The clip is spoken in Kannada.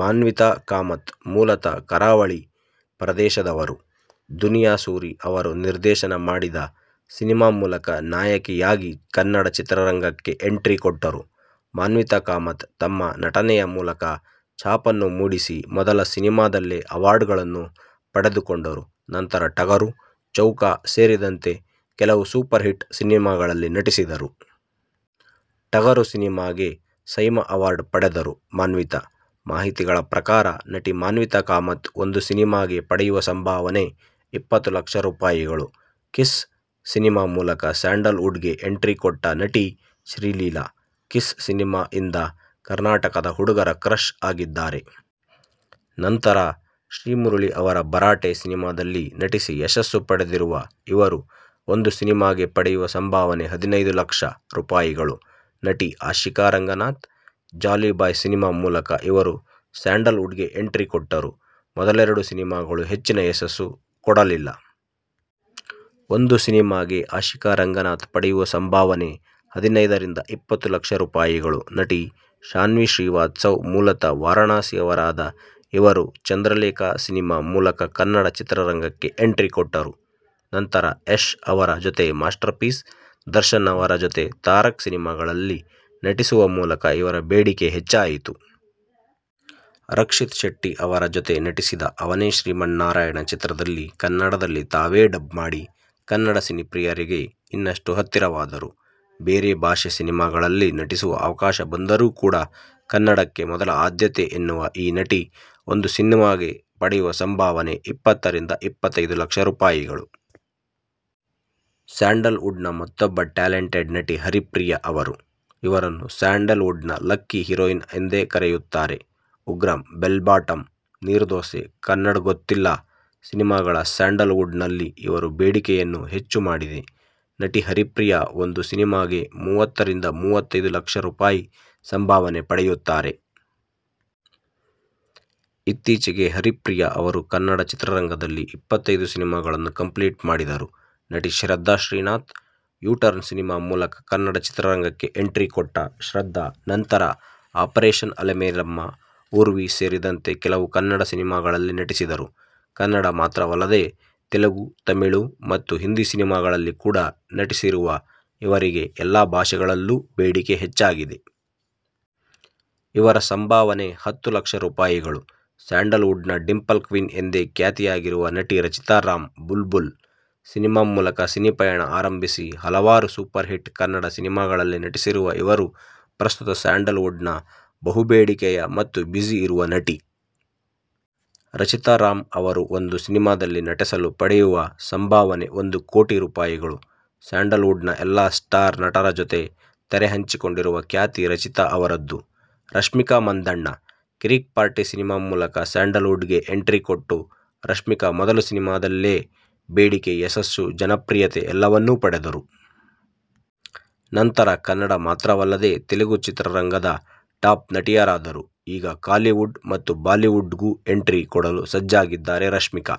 ಮಾನ್ವಿತಾ ಕಾಮತ್.. ಮೂಲತಃ ಕರಾವಳಿ ಪ್ರದೇಶದವರು. ದುನಿಯಾ ಸೂರಿ ಅವರು ನಿರ್ದೇಶನ ಮಾಡಿದ ಸಿನಿಮಾ ಮೂಲಕ ನಾಯಕಿಯಾಗಿ ಕನ್ನಡ ಚಿತ್ರರಂಗಕ್ಕೆ ಎಂಟ್ರಿ ಕೊಟ್ಟರು ಮಾನ್ವಿತಾ ಕಾಮತ್ ತಮ್ಮ ನಟನೆ ಮೂಲಕ ಛಾಪನ್ನು ಮೂಡಿಸಿ, ಮೊದಲ ಸಿನಿಮಾದಲ್ಲೇ ಅವಾರ್ಡ್ ಗಳನ್ನು ಪಡೆದುಕೊಂಡರು. ನಂತರ ಟಗರು, ಚೌಕ ಸೇರಿದಂತೆ ಕೆಲವು ಸೂಪರ್ ಹಿಟ್ ಸಿನಿಮಾಗಳಲ್ಲಿ ನಟಿಸಿದರು. ಟಗರು ಸಿನಿಮಾಗೆ ಸೈಮಾ ಅವಾರ್ಡ್ ಪಡೆದರು ಮಾನ್ವಿತಾ. ಮಾಹಿತಿಗಳ ಪ್ರಕಾರ ನಟಿ ಮಾನ್ವಿತಾ ಕಾಮತ್ ಒಂದು ಸಿನಿಮಾಗೆ ಪಡೆಯುವ ಸಂಭಾವನೆ ಇಪ್ಪತ್ತು ಲಕ್ಷ ರೂಪಾಯಿಗಳು. ಕಿಸ್ ಸಿನಿಮಾ ಮೂಲಕ ಸ್ಯಾಂಡಲ್ ವುಡ್ ಗೆ ಎಂಟ್ರಿ ಕೊಟ್ಟ ನಟಿ ಶ್ರೀಲೀಲಾ. ಕಿಸ್ ಸಿನಿಮಾ ಇಂದ ಕರ್ನಾಟಕದ ಹುಡುಗರ ಕ್ರಶ್ ಆಗಿದ್ದಾರೆ. ನಂತರ ಶ್ರೀಮುರಳಿ ಅವರ ಭರಾಟೆ ಸಿನಿಮಾದಲ್ಲಿ ನಟಿಸಿ ಯಶಸ್ಸು ಪಡೆದರು. ಇವರು ಒಂದು ಸಿನಿಮಾಗೆ ಪಡೆಯುವ ಸಂಭಾವನೆ ಹದಿನೈದು ಲಕ್ಷ ರೂಪಾಯಿಗಳು. ನಟಿ ಆಶಿಕಾ ರಂಗನಾಥ್, ಜಾಲಿಬಾಯ್ ಸಿನಿಮಾ ಮೂಲಕ ಇವರು ಸ್ಯಾಂಡಲ್ ವುಡ್ ಗೆ ಎಂಟ್ರಿ ಕೊಟ್ಟರು, ಮೊದಲೆರಡು ಸಿನಿಮಾಗಳು ಹೆಚ್ಚಿನ ಯಶಸ್ಸು ಕೊಡಲಿಲ್ಲ. ಒಂದು ಸಿನಿಮಾಗೆ ಆಶಿಕಾ ರಂಗನಾಥ್ ಪಡೆಯುವ ಸಂಭಾವನೆ ಹದಿನೈದರಿಂದ ಇಪ್ಪತ್ತು ಲಕ್ಷ ರೂಪಾಯಿಗಳು. ನಟಿ ಶಾನ್ವಿ ಶ್ರೀವಾಸ್ತವ್, ಮೂಲತಃ ವಾರಣಾಸಿಯವರಾದ ಇವರು ಚಂದ್ರಲೇಖ ಸಿನಿಮಾ ಮೂಲಕ ಕನ್ನಡ ಚಿತ್ರರಂಗಕ್ಕೆ ಎಂಟ್ರಿ ಕೋಟ್ಟರು. ನಂತರ ಯಶ್ ಅವರ ಜೊತೆ ಮಾಸ್ಟರ್ ಪೀಸ್, ದರ್ಶನ್ ಅವರ ಜೊತೆ ತಾರಕ್ ಸಿನಿಮಾಗಳಲ್ಲಿ ನಟಿಸುವ ಮೂಲಕ ಇವರ ಬೇಡಿಕೆ ಹೆಚ್ಚಾಯಿತು. ರಕ್ಷಿತ್ ಶೆಟ್ಟಿ ಅವರ ಜೊತೆ ನಟಿಸಿದ ಅವನೇ ಶ್ರೀಮನ್ನಾರಾಯಣ ಸಿನಿಮಾದಲ್ಲಿ ಕನ್ನಡದಲ್ಲಿ ತಾವೇ ಡಬ್ ಮಾಡಿ, ಕನ್ನಡ ಸಿನಿಪ್ರಿಯರಿಗೆ ಇನ್ನಷ್ಟು ಹತ್ತಿರವಾದರು. ಬೇರೆ ಭಾಷೆ ಸಿನಿಮಾಗಳಲ್ಲಿ ನಟಿಸುವ ಅವಕಾಶ ಬಂದರು ಕೂಡ, ಕನ್ನಡಕ್ಕೆ ಮೊದಲ ಆದ್ಯತೆ ಎನ್ನುವ ಈ ನಟಿ ಒಂದು ಸಿನಿಮಾಗೆ ಪಡೆಯುವ ಸಂಭಾವನೆ ಇಪ್ಪತ್ತರಿಂದ ಇಪ್ಪತ್ತೈದು ಲಕ್ಷ ರೂಪಾಯಿಗಳು. ಸ್ಯಾಂಡಲ್ ವುಡ್ ನ ಮತ್ತೊಬ್ಬ ಟ್ಯಾಲೆಂಟೆಡ್ ನಟಿ ಹರಿಪ್ರಿಯಾ ಅವರು. ಇವರನ್ನು ಸ್ಯಾಂಡಲ್ ವುಡ್ ನ ಲಕ್ಕಿ ಹೀರೋಯಿನ್ ಎಂದೇ ಕರೆಯುತ್ತಾರೆ. ಉಗ್ರ-, ಬೆಲ್ ಬಾಟಮ್, ನೀರ್ ದೋಸೆ, ಕನ್ನಡ್ ಗೊತ್ತಿಲ್ಲ ಸಿನಿಮಾಗಳು ಸ್ಯಾಂಡಲ್ ವುಡ್ ನಲ್ಲಿ ಇವರ ಬೇಡಿಕೆಯನ್ನು ಹೆಚ್ಚು ಮಾಡಿದೆ. ನಟಿ ಹರಿಪ್ರಿಯಾ ಒಂದು ಸಿನಿಮಾಗೆ ಮೂವತ್ತರಿಂದ ಮೂವತ್ತೈದು ಲಕ್ಷ ರೂಪಾಯಿ ಸಂಭಾವನೆ ಪಡೆಯುತ್ತಾರೆ. ಇತ್ತೀಚೆಗೆ ಹರಿಪ್ರಿಯಾ ಅವರು ಕನ್ನಡ ಚಿತ್ರರಂಗದಲ್ಲಿ ಇಪ್ಪತ್ತೈದು ಸಿನಿಮಾಗಳನ್ನು ಕಂಪ್ಲೀಟ್ ಮಾಡಿದರು. ನಟಿ ಶ್ರದ್ಧಾ ಶ್ರೀನಾಥ್, ಯೂಟರ್ನ್ ಸಿನಿಮಾ ಮೂಲಕ ಕನ್ನಡ ಚಿತ್ರರಂಗಕ್ಕೆ ಎಂಟ್ರಿ ಕೊಟ್ಟ ಶ್ರದ್ಧಾ, ನಂತರ ಆಪರೇಷನ್ ಅಲಮೇಲಮ್ಮ, ಊರ್ವಿ ಸೇರಿದಂತೆ ಕೆಲವು ಕನ್ನಡ ಸಿನಿಮಾಗಳಲ್ಲಿ ನಟಿಸಿದರು. ಕನ್ನಡ ಮಾತ್ರವಲ್ಲದೆ ತೆಲುಗು, ತಮಿಳು ಮತ್ತು ಹಿಂದಿ ಸಿನಿಮಾಗಳಲ್ಲಿ ಕೂಡ ನಟಿಸಿರುವ ಇವರಿಗೆ ಎಲ್ಲಾ ಭಾಷೆಗಳಲ್ಲೂ ಬೇಡಿಕೆ ಹೆಚ್ಚಾಗಿದೆ. ಇವರ ಸಂಭಾವನೆ ಹತ್ತು ಲಕ್ಷ ರೂಪಾಯಿಗಳು. ಸ್ಯಾಂಡಲ್ ವುಡ್ ನ ಡಿಂಪಲ್ ಕ್ವೀನ್ ಎಂದೇ ಖ್ಯಾತಿಯಾಗಿರುವ ನಟಿ ರಚಿತಾ ರಾಮ್. ಬುಲ್ ಬುಲ್ ಸಿನಿಮಾ ಮೂಲಕ ಸಿನಿಪಯಣ ಆರಂಭಿಸಿ ಹಲವಾರು ಸೂಪರ್ ಹಿಟ್ ಕನ್ನಡ ಸಿನಿಮಾಗಳಲ್ಲಿ ನಟಿಸಿರುವ ಇವರು, ಪ್ರಸ್ತುತ ಸ್ಯಾಂಡಲ್ ವುಡ್ ನ ಬಹುಬೇಡಿಕೆಯ ಮತ್ತು ಬ್ಯುಸಿ ಇರುವ ನಟಿ. ರಚಿತಾ ರಾಮ್ ಅವರು ಒಂದು ಸಿನಿಮಾದಲ್ಲಿ ನಟಿಸಲು ಪಡೆಯುವ ಸಂಭಾವನೆ ಒಂದು ಕೋಟಿ ರೂಪಾಯಿಗಳು ಸ್ಯಾಂಡಲ್ ವುಡ್ ನ ಎಲ್ಲಾ ಸ್ಟಾರ್ ನಟರ ಜೊತೆ ತೆರೆಹಂಚಿಕೊಂಡಿರುವ ಖ್ಯಾತಿ ರಚಿತಾ ಅವರದ್ದು. ರಶ್ಮಿಕಾ ಮಂದಣ್ಣ, ಕಿರಿಕ್ ಪಾರ್ಟಿ ಸಿನಿಮಾ ಮೂಲಕ ಸ್ಯಾಂಡಲ್ ವುಡ್ ಗೆ ಎಂಟ್ರಿ ಕೊಟ್ಟ ರಶ್ಮಿಕಾ, ಮೊದಲ ಸಿನಿಮಾದಲ್ಲೇ ಬೇಡಿಕೆ, ಯಶಸ್ಸು, ಜನಪ್ರಿಯತೆ ಎಲ್ಲವನ್ನು ಪಡೆದರು. ನಂತರ ಕನ್ನಡ ಮಾತ್ರವಲ್ಲದೆ ತೆಲುಗು ಚಿತ್ರರಂಗದ ಟಾಪ್ ನಟಿಯಾದರು. ಈಗ ಕಾಲಿವುಡ್ ಮತ್ತು ಬಾಲಿವುಡ್ ಗು ಎಂಟ್ರಿ ಕೊಡಲು ಸಜ್ಜಾಗಿದ್ದಾರೆ ರಶ್ಮಿಕಾ.